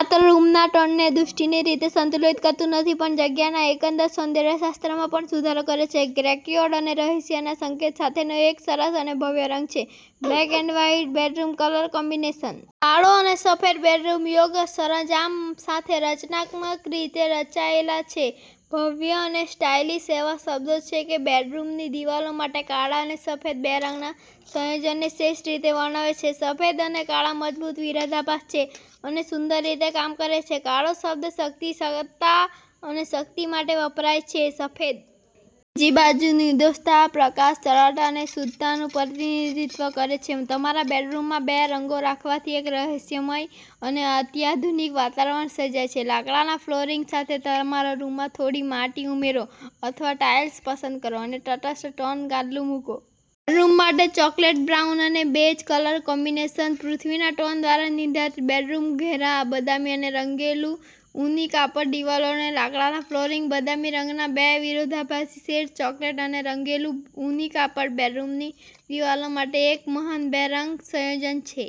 માત્ર રૂમના ટોનને દૃષ્ટિની રીતે સંતુલિત કરતું નથી પણ જગ્યાના એકંદર સૌંદર્ય શાસ્ત્રમાં પણ સુધારો કરે છે. ગ્રેકોયડો અને રહસ્યના સંકેત સાથેનો એક સરસ અને ભવ્ય રંગ છે. Black and white bedroom colour combination. કાળો અને સફેદ બેડરૂમ યોગ્ય સરંજામ સાથે રચનાત્મક રીતે રચાયેલ છે ભવ્ય અને સ્ટાઇલિશ એવા શબ્દો છે જે બેડરૂમની દિવાલો માટે કાળા અને સફેદ બે રંગના સંયોજનને શ્રેષ્ઠ રીતે વર્ણવે છે. સફેદ અને કાળો મજબૂત વિરોધાભાસ છે અને સુંદર રીતે કામ કરે છે, કાળો શબ્દ શક્તિ, સત્તા અને શક્તિ માટે વપરાય છે .સફેદ, બીજી બાજુ, નિર્દોષતા, પ્રકાશ, સરળતા અને શુદ્ધતાનું પ્રતિનિધિત્વ કરે છે. તમારા બેડરૂમમાં બે રંગો રાખવાથી એક રહસ્યમય અને અત્યાધુનિક વાતાવરણ સર્જાય છે. લાકડાના ફ્લોરિંગ સાથે તમારા રૂમમાં થોડી માટી ઉમેરો અથવા ટાઇલ્સ પસંદ કરો અને તટસ્થ-ટોન ગાદલું મૂકો. બેડરૂમ માટે ચોકલેટ બ્રાઉન અને બેજ કલર કોમ્બિનેશન .પૃથ્વીના ટોન દ્વારા નિર્ધારિત બેડરૂમઘેરા બદામી અને રંગેલું ઊની કાપડ દિવાલો અને લાકડાના ફ્લોરિંગ બદામી રંગના બે વિરોધાભાસી શેડ્સ .ચોકલેટ અને રંગેલું ઊની કાપડ બેડરૂમની દિવાલો માટે એક મહાન બે રંગ સંયોજન છે.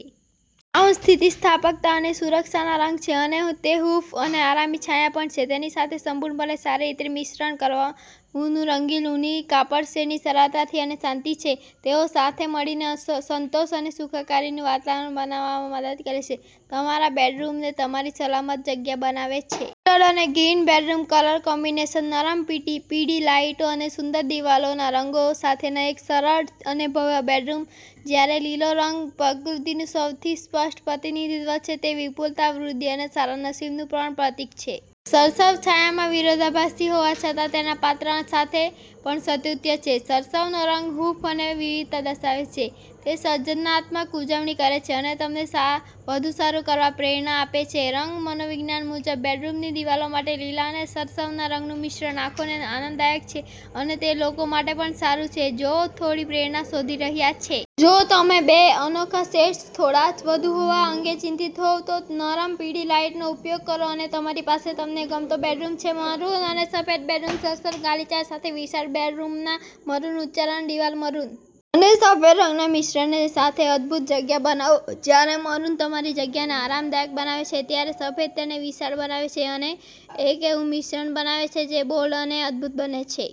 બ્રાઉન સ્થિતિસ્થાપકતા અને સુરક્ષાનો રંગ છે, અને તે હૂંફ અને આરામની છાયા પણ છે. તેની સાથે સંપૂર્ણપણે સારી રીતે મિશ્રણ કરવુંન રંગેલું ઊની કાપડ શેડની સરળતા અને શાંત છે. તેઓ સાથે મળીને સંતોષ અને સુખાકારીનું વાતાવરણ બનાવવામાં મદદ કરે છે, તમારા બેડરૂમને તમારી સલામત જગ્યા બનાવે છે. મસ્ટર્ડ અને ગ્રીન બેડરૂમ કલર કોમ્બિનેશન. નરમ પીળી લાઇટો અને સુંદર દિવાલોના રંગો સાથેનો એક સરળ અને ભવ્ય બેડરૂમ. જ્યારે લીલો રંગ પ્રકૃતિનું સૌથી સ્પષ્ટ પ્રતિનિધિત્વ છે, તે વિપુલતા, વૃદ્ધિ અને સારા નસીબનું પણ પ્રતીક છે. સરસવ, છાયામાં વિરોધાભાસી હોવા છતાં, તેના પાત્ર સાથે પણ સ્તુત્ય છે. સરસવનો રંગ હૂંફ અને વિવિધતા દર્શાવે છે તે સર્જનાત્મકતાની ઉજવણી કરે છે અને તમને વધુ સારું કરવા પ્રેરણા આપે છે. રંગ મનોવિજ્ઞાન મુજબ, બેડરૂમની દિવાલો માટે લીલા અને સરસવના રંગનું મિશ્રણ આંખોને આનંદદાયક છે અને તે લોકો માટે પણ સારું છે જેઓ થોડી પ્રેરણા શોધી રહ્યા છે. જો તમે બે અનોખા શેડ્સ થોડા વધુ હોવા અંગે ચિંતિત હોવ, તો નરમ, પીળી લાઇટનો ઉપયોગ કરો અને તમારી પાસે તમને ગમતો બેડરૂમ છે! મરૂન અને સફેદ બેડરૂમ સરસ ગાલીચા સાથે વિશાળ બેડરૂમમાં મરૂન ઉચ્ચારણ દિવાલ .મરૂન અને સફેદ રંગના મિશ્રણ સાથે અદભૂત જગ્યા બનાવો. જ્યારે મરૂન તમારી જગ્યાને આરામદાયક બનાવે છે, ત્યારે સફેદ તેને વિશાળ બનાવે છે અને એક એવું મિશ્રણ બનાવે છે જે બોલ્ડ અને અદભૂત બંને છે.